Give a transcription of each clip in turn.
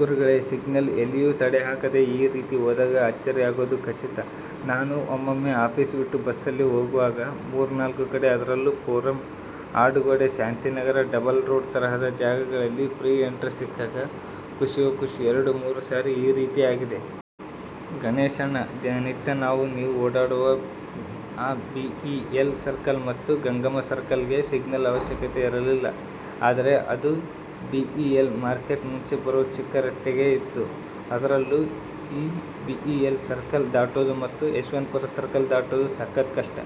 ಗುರುಗಳೇ -ಸಿಗ್ನಲ್ ಎಲ್ಲಿಯೂ ತಡೆ ಹಾಕದೆ ಈ ರೀತಿ ಹೋದಾಗ ಅಚ್ಚರಿ ಆಗೋದು ಖಚಿತ. ನಾನೂ ಒಮ್ಮೊಮ್ಮೆ ಆಫೀಸು ಬಿಟ್ಟು ಬಸ್ಸಲ್ಲಿ ಹೋಗ್ವಾಗ ಮೂರು-ನಾಲ್ಕು ಕಡೆ ಅದರಲ್ಲೂ Forum, Adugodi, Shantinagar double road ತರಹದ ಜಾಗಗಳಲ್ಲಿ ಫ್ರೀ ಎಂಟ್ರಿ ಸಿಕ್ಕಾಗ ಖುಷಿಯೋ ಖುಷಿ ಎರಡು-ಮೂರು ಸಾರಿ ಈ ರೀತಿ ಆಗಿದೆ. ಗಣೇಶ್ ಅಣ್ಣ, ದಿನ ನಿತ್ಯ ನಾವ್ ನೀವ್ ಓಡಾಡುವ ಆ ಬೀ.ಈ.ಎಲ್ ಸರ್ಕಲ್ ಮತ್ತು ಗಂಗಮ್ಮ ಸರ್ಕಲ್ ಗೆ ಸಿಗ್ನಲ್ ಅವಶ್ಯಕತೆ ಇರಲಿಲ್ಲ, ಇದ್ದರೆ ಅದು ಬೀ.ಈ.ಎಲ್ ಮಾರ್ಕೆಟ್ ಮುಂಚೆ ಬರೋ ಚಿಕ್ಕ ರಸ್ತೆಗೆ ಇತ್ತು. ಅದರಲ್ಲೂ ಈ ಬೀ.ಈ.ಎಲ್ ಸರ್ಕಲ್ ದಾಟೋದು ಮತ್ತು ಯಶವಂತಪುರ ಸರ್ಕಲ್ ದಾಟೋದು ಸಖತ್ ಕಷ್ಟ,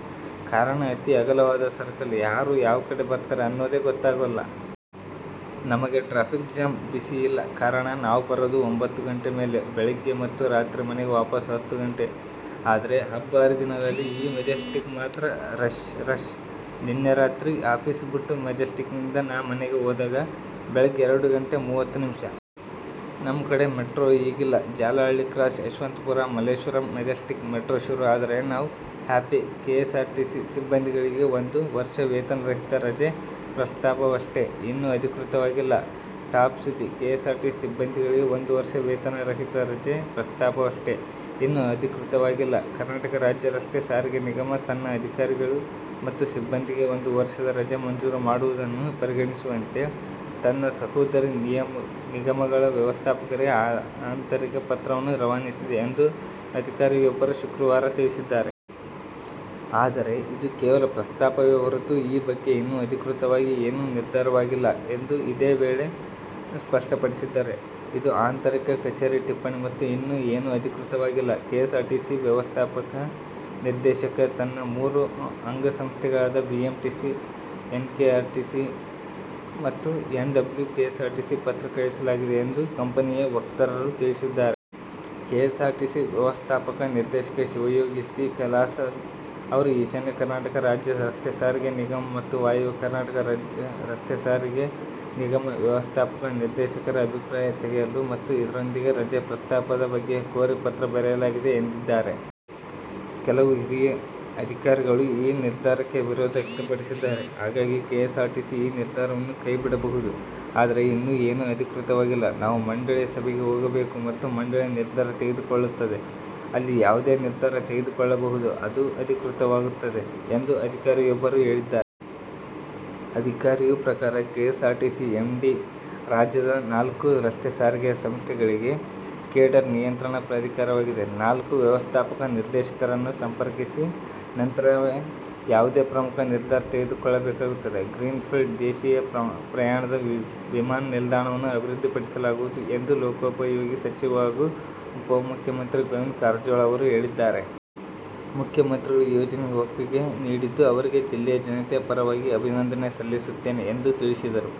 ಕಾರಣ ಅತಿ ಅಗಲವಾದ ಸರ್ಕಲ್ -ಯಾರು ಯಾವ್ ಕಡೆ ಬರ್ತಾರೆ ಅನ್ನೋದೇ ಗೊತ್ತಾಗೊಲ್ಲ.. ನಮಗೆ ಟ್ರಾಫಿಕ್ ಜಾಮ್ ಬಿಸಿ ಇಲ್ಲ -ಕಾರಣ ನಾವ್ ಬರೋದು ಒಂಭತ್ತು ಗಂಟೆ ಮೇಲೆ ಬೆಳಗ್ಗೆ, ಮತ್ತು ರಾತ್ರಿ ಮನೆಗೆ ವಾಪಸ್ಸು ಹತ್ತು ಗಂಟೆಗೆ. ಆದ್ರೆ ಹಬ್ಬ ಹರಿದಿನಗಳಲ್ಲಿ ಈ ಮೆಜೆಸ್ಟಿಕ್ಕಲ್ಲಿ ಮಾತ್ರ ರಶ್ -ರಶ್. ನಿನ್ನೆ ರಾತ್ರಿ ಆಫೀಸು ಬಿಟ್ಟು ಮೆಜೆಸ್ತಿಕ್ಕಿಂದ ನಾ ಮನೆಗೆ ಹೋದಾಗ ಬೆಳಗ್ಗೆ ಎರಡು ಗಂಟೆ ಮೂವತ್ತು ನಿಮಿಷ. ನಮ್ ಕಡೆ ಮೆಟ್ರೋ ಈಗಿಲ್ಲ -Jalahalli cross -Yeshwanthpur -Malleshwaram -Majestic metro ಶುರು ಆದರೆ ನಾವ್ ಹ್ಯಾಪಿ."ಕೆಎಸ್ಆರ್ಟಿಸಿ ಸಿಬ್ಬಂದಿಗಳಿಗೆ ಒಂದು ವರ್ಷ ವೇತನ ರಹಿತ ರಜೆ ಪ್ರಸ್ತಾಪವಷ್ಟೆ, ಇನ್ನೂ ಅಧಿಕೃತವಾಗಿಲ್ಲ" ಟಾಪ್ ಸುದ್ದಿ "ಕೆಎಸ್ಆರ್ಟಿಸಿ ಸಿಬ್ಬಂದಿಗಳಿಗೆ ಒಂದು ವರ್ಷ ವೇತನ ರಹಿತ ರಜೆ ಪ್ರಸ್ತಾಪವಷ್ಟೆ, ಇನ್ನೂ ಅಧಿಕೃತವಾಗಿಲ್ಲ" ಕರ್ನಾಟಕ ರಾಜ್ಯ ರಸ್ತೆ ಸಾರಿಗೆ ನಿಗಮ ತನ್ನ ಅಧಿಕಾರಿಗಳು ಮತ್ತು ಸಿಬ್ಬಂದಿಗೆ ಒಂದು ವರ್ಷದ ರಜೆ ಮಂಜೂರು ಮಾಡುವುದನ್ನು ಪರಿಗಣಿಸುವಂತೆ, ತನ್ನ ಸಹೋದರಿ ನಿಗಮಗಳ ವ್ಯವಸ್ಥಾಪಕರಿಗೆ ಆಂತರಿಕ ಪತ್ರವನ್ನು ರವಾನಿಸಿದೆ ಎಂದು ಅಧಿಕಾರಿಯೊಬ್ಬರು ಶುಕ್ರವಾರ ತಿಳಿಸಿದ್ದಾರೆ. ಆದರೆ, ಇದು ಕೇವಲ ಪ್ರಸ್ತಾಪವೇ ಹೊರತು, ಈ ಬಗ್ಗೆ ಇನ್ನೂ ಅಧಿಕೃತವಾಗಿ ಏನೂ ನಿರ್ಧಾರವಾಗಿಲ್ಲ ಎಂದು ಇದೇ ವೇಳೆ ಸ್ಪಷ್ಟಪಡಿಸಿದ್ದಾರೆ. "ಇದು ಆಂತರಿಕ ಕಚೇರಿ ಟಿಪ್ಪಣಿ ಮತ್ತು ಇನ್ನೂ ಏನೂ ಅಧಿಕೃತವಾಗಿಲ್ಲ. ಕೆಎಸ್ಆರ್ಟಿಸಿ ವ್ಯವಸ್ಥಾಪಕ ನಿರ್ದೇಶಕ ತನ್ನ ಮೂರು ಅಂಗಸಂಸ್ಥೆಗಳಾದ ಬಿಎಂಟಿಸಿ, ಎನ್ಕೆಎಸ್ಆರ್ಟಿಸಿ ಮತ್ತು ಎನ್ ಡಬ್ಲ್ಯೂ ಕೆಎಸ್ಆರ್ಟಿಸಿಗೆ ಪತ್ರ ಕಳುಹಿಸಲಾಗಿದೆ" ಎಂದು ಕಂಪನಿಯ ವಕ್ತಾರರು ತಿಳಿಸಿದ್ದಾರೆ. ಕೆಎಸ್ಆರ್ಟಿಸಿ ವ್ಯವಸ್ಥಾಪಕ ನಿರ್ದೇಶಕ ಶಿವಯೋಗಿ ಸಿ. ಕಲಾಸಾದ್ ಅವರು, ಈಶಾನ್ಯ ಕರ್ನಾಟಕ ರಾಜ್ಯ ರಸ್ತೆ ಸಾರಿಗೆ ನಿಗಮ ಮತ್ತು ವಾಯುವ್ಯ ಕರ್ನಾಟಕ ರಾಜ್ಯ ರಸ್ತೆ ಸಾರಿಗೆ ನಿಗಮ ವ್ಯವಸ್ಥಾಪಕ ನಿರ್ದೇಶಕರ ಅಭಿಪ್ರಾಯ ತೆಗೆಯಲು ಮತ್ತು ಇದರೊಂದಿಗೆ ರಜೆ ಪ್ರಸ್ತಾಪದ ಬಗ್ಗೆ ಕೋರಿ ಪತ್ರ ಬರೆಯಲಾಗಿದೆ ಎಂದಿದ್ದಾರೆ. "ಕೆಲವು ಹಿರಿಯ ಅಧಿಕಾರಿಗಳು ಈ ನಿರ್ಧಾರಕ್ಕೆ ವಿರೋಧ ವ್ಯಕ್ತಪಡಿಸಿದ್ದಾರೆ. ಹಾಗಾಗಿ ಕೆಎಸ್ಆರ್ಟಿಸಿ ಈ ನಿರ್ಧಾರವನ್ನು ಕೈಬಿಡಬಹುದು. ಆದರೆ ಇನ್ನೂ ಏನೂ ಅಧಿಕೃತವಾಗಿಲ್ಲ. ನಾವು ಮಂಡಳಿಯ ಸಭೆಗೆ ಹೋಗಬೇಕು ಮತ್ತು ಮಂಡಳಿಯು ನಿರ್ಧಾರ ತೆಗೆದುಕೊಳ್ಳುತ್ತದೆ. ಅಲ್ಲಿ ಯಾವುದೇ ನಿರ್ಧಾರ ತೆಗೆದುಕೊಳ್ಳಬಹುದು, ಅದು ಅಧಿಕೃತವಾಗುತ್ತದೆ" ಎಂದು ಅಧಿಕಾರಿಯಬ್ಬರು ಹೇಳಿದರು. ಅಧಿಕಾರಿಯ ಪ್ರಕಾರ, ಕೆಎಸ್ಆರ್ಟಿಸಿ ಎಂಡಿ ರಾಜ್ಯದ ನಾಲ್ಕು ರಸ್ತೆ ಸಾರಿಗೆ ಸಂಸ್ಥೆಗಳಿಗೆ ಕೇಡರ್ ನಿಯಂತ್ರಣ ಪ್ರಾಧಿಕಾರವಾಗಿದೆ. ನಾಲ್ಕು ವ್ಯವಸ್ಥಾಪಕ ನಿರ್ದೇಶಕರನ್ನು ಸಂಪರ್ಕಿಸಿದ ನಂತರವೇ ಯಾವುದೇ ಪ್ರಮುಖ ನಿರ್ಧಾರ ತೆಗೆದುಕೊಳ್ಳಬೇಕಾಗುತ್ತದೆ. ಗ್ರೀನ್ ಫೀಲ್ಡ್ ದೇಶೀಯ ಪ್ರಯಾಣದ ವಿಮಾನ ನಿಲ್ದಾಣವನ್ನು ಅಭಿವೃದ್ಧಿಪಡಿಸಲಾಗುವುದು ಎಂದು ಲೋಕೋಪಯೋಗಿ ಸಚಿವ ಹಾಗೂ ಉಪಮುಖ್ಯಮಂತ್ರಿ ಗೋವಿಂದ ಕಾರಜೋಳ ಅವರು ಹೇಳಿದ್ದಾರೆ. ಮುಖ್ಯಮಂತ್ರಿಗಳು ಯೋಜನೆಗೆ ಒಪ್ಪಿಗೆ ನೀಡಿದ್ದು ಅವರಿಗೆ ಜಿಲ್ಲೆಯ ಜನತೆಯ ಪರವಾಗಿ ಅಭಿನಂದನೆ ಸಲ್ಲಿಸುತ್ತೇನೆ ಎಂದು ತಿಳಿಸಿದರು.